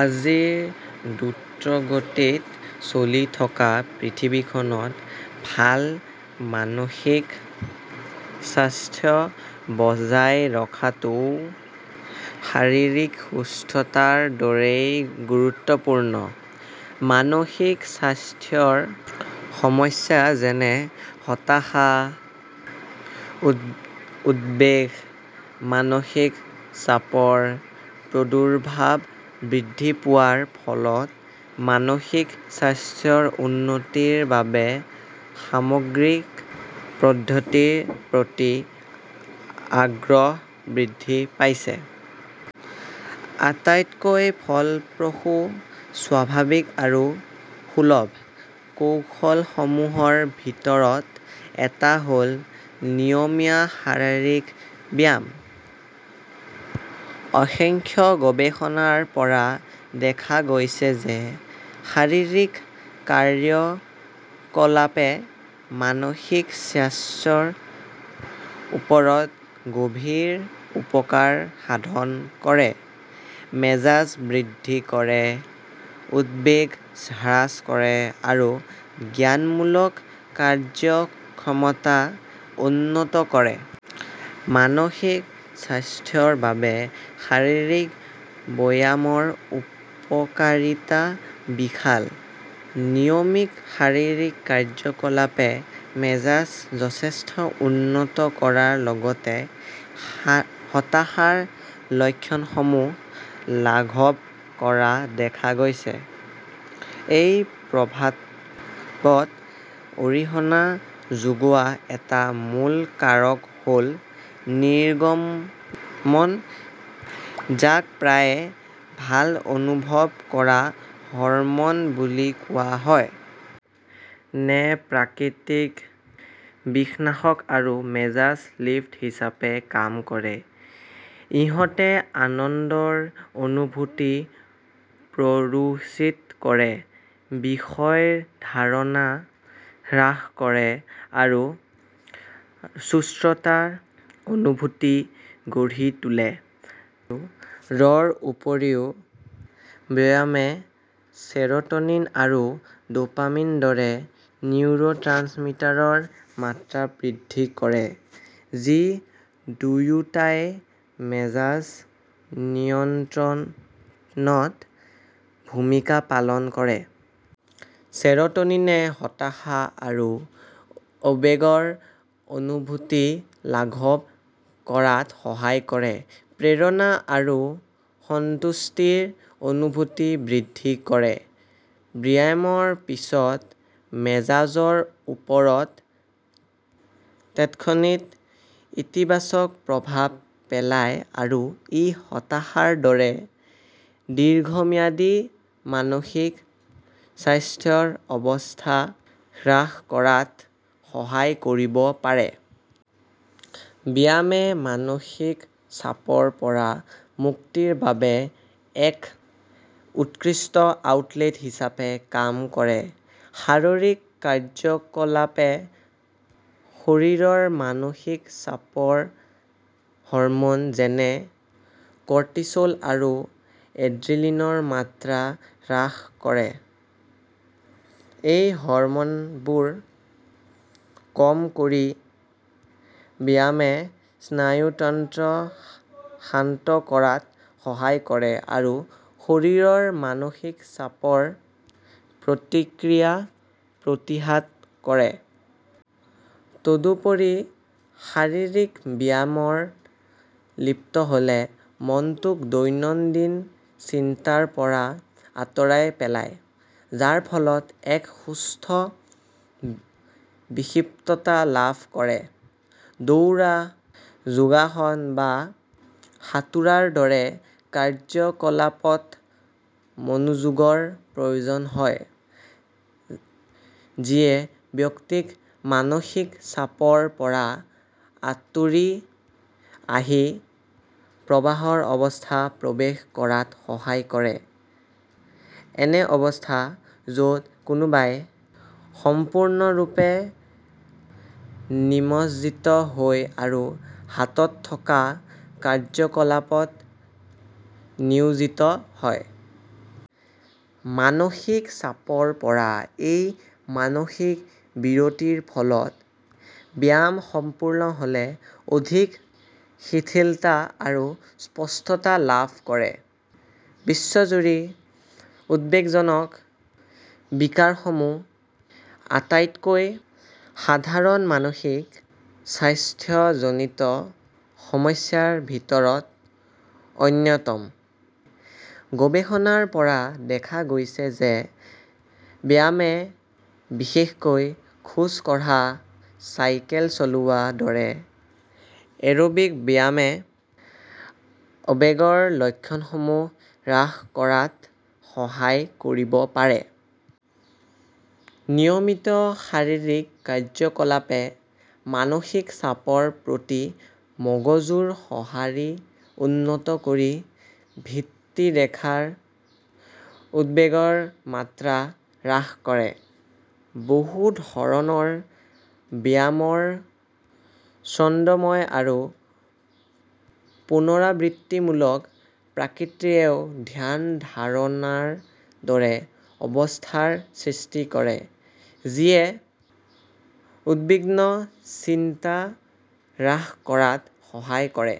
আজিৰ দ্ৰুতগতিত চলি থকা পৃথিৱীখনত ভাল মানসিক স্বাস্থ্য বজাই ৰখাটোও শাৰীৰিক সুস্থতাৰ দৰেই গুৰুত্বপূৰ্ণ। মানসিক স্বাস্থ্যৰ সমস্যা যেনে হতাশা, উদ্বেগ, মানসিক চাপৰ প্ৰাদুৰ্ভাৱ বৃদ্ধি পোৱাৰ ফলত মানসিক স্বাস্থ্য উন্নতিৰ বাবে সামগ্ৰিক পদ্ধতিৰ প্ৰতি আগ্ৰহ বৃদ্ধি পাইছে। আটাইতকৈ ফলপ্ৰসূ, স্বাভাৱিক আৰু সুলভ কৌশলসমূহৰ ভিতৰত এটা হ'ল নিয়মীয়া শাৰীৰিক ব্যায়াম। অসংখ্য গৱেষণাৰ পৰা দেখা গৈছে যে শাৰীৰিক কাৰ্যকলাপে মানসিক স্বাস্থ্যৰ ওপৰত গভীৰ উপকাৰ সাধন কৰে, মেজাজ বৃদ্ধি কৰে, উদ্বেগ হ্ৰাস কৰে আৰু জ্ঞানমূলক কাৰ্য্যক্ষমতা উন্নত কৰে। মানসিক স্বাস্থ্যৰ বাবে শাৰীৰিক ব্যায়ামৰ উপকাৰিতা বিশাল নিয়মিত শাৰীৰিক কাৰ্য্যকলাপে মেজাজ যথেষ্ট উন্নত কৰাৰ লগতে হতাশাৰ লক্ষণসমূহ লাঘৱ কৰা দেখা গৈছে। এই প্ৰভাৱত অৰিহণা যোগোৱা এটা মূল কাৰক হ'ল ৰ নিৰ্গমন, যাক প্ৰায়ে "ভাল অনুভৱ কৰা" হৰম'ন বুলি কোৱা হয়। নে প্ৰাকৃতিক বিষনাশক আৰু মেজাজ লিফ্ট হিচাপে কাম কৰে। ইহঁতে আনন্দৰ অনুভূতি প্ৰৰোচিত কৰে, বিষৰ ধাৰণা হ্ৰাস কৰে আৰু সুস্থতাৰ অনুভূতি গঢ়ি তোলে। ৰ উপৰিও ব্যায়ামে চেৰ'টনিন আৰু ড'পামিনৰ দৰে নিউৰ'ট্ৰান্সমিটাৰৰ মাত্ৰা বৃদ্ধি কৰে, যি দুয়োটাই মেজাজ নিয়ন্ত্ৰণত ভূমিকা পালন কৰে। চেৰ'টনিনে হতাশা আৰু উদ্বেগৰ অনুভূতি লাঘৱ কৰাত সহায় কৰে, প্ৰেৰণা আৰু সন্তুষ্টিৰ অনুভূতি বৃদ্ধি কৰে। ব্যায়ামৰ পিছত মেজাজৰ ওপৰত তাৎক্ষণিক ইতিবাচক প্ৰভাৱ পেলায় আৰু ই হতাশাৰ দৰে দীৰ্ঘম্যাদী মানসিক স্বাস্থ্যৰ অৱস্থা হ্ৰাস কৰাত সহায় কৰিব পাৰে। ব্যায়ামে মানসিক চাপৰ পৰা মুক্তিৰ বাবে এক উৎকৃষ্ট আউটলেট হিচাপে কাম কৰে। শাৰীৰিক কাৰ্য্যকলাপে শৰীৰৰ মানসিক চাপৰ হৰম'ন যেনে আৰু ৰ মাত্ৰা হ্ৰাস কৰে। এই হৰম'নবোৰ কম কৰি ব্যায়ামে স্নায়ুতন্ত্ৰক শান্ত কৰাত সহায় কৰে আৰু শৰীৰৰ মানসিক চাপৰ প্ৰতিক্ৰিয়া প্ৰতিহত কৰে। তদুপৰি শাৰীৰিক ব্যায়ামত লিপ্ত হ'লে মনটোক দৈনন্দিন চিন্তাৰ পৰা আঁতৰাই পেলায়, যাৰ ফলত এক সুস্থ বিক্ষিপ্ততা লাভ কৰে। দৌৰা, যোগাসন বা সাঁতোৰৰ দৰে কাৰ্য্যকলাপত মনোযোগৰ প্ৰয়োজন হয়, যিয়ে ব্যক্তিক মানসিক চাপৰ পৰা আঁতৰি আহি প্ৰবাহৰ অৱস্থাত প্ৰৱেশ কৰাত সহায় কৰে— এনে অৱস্থা য'ত কোনোবাই সম্পূৰ্ণৰূপে নিমজ্জিত হয় আৰু হাতত থকা কাৰ্য্যকলাপত নিয়োজিত হয়। মানসিক চাপৰ পৰা এই মানসিক বিৰতিৰ ফলত ব্যায়াম সম্পূৰ্ণ হ'লে অধিক শিথিলতা আৰু স্পষ্টতা লাভ কৰে। বিশ্বজুৰি উদ্বেগজনক বিকাৰসমূহ আটাইতকৈ সাধাৰণ মানসিক স্বাস্থ্যজনিত সমস্যাৰ ভিতৰত অন্যতম। গৱেষণাৰ পৰা দেখা গৈছে যে ব্যায়ামে বিশেষকৈ খোজ কঢ়া, চাইকেল চলোৱাৰ দৰে এৰোবিক ব্যায়ামে উদ্বেগৰ লক্ষণসমূহ হ্ৰাস কৰাত সহায় কৰিব পাৰে। নিয়মিত শাৰীৰিক কাৰ্য্যকলাপে মানসিক চাপৰ প্ৰতি মগজুৰ সঁহাৰি উন্নত কৰি ভিত্তি ৰেখাৰ উদ্বেগৰ মাত্ৰা হ্ৰাস কৰে। বহু ধৰণৰ ব্যায়ামৰ ছন্দময় আৰু পুনৰাবৃত্তিমূলক প্ৰকৃতিয়েও ধ্যান-ধাৰণাৰ দৰে অৱস্থাৰ সৃষ্টি কৰে, যিয়ে উদ্বিগ্ন চিন্তা হ্ৰাস কৰাত সহায় কৰে।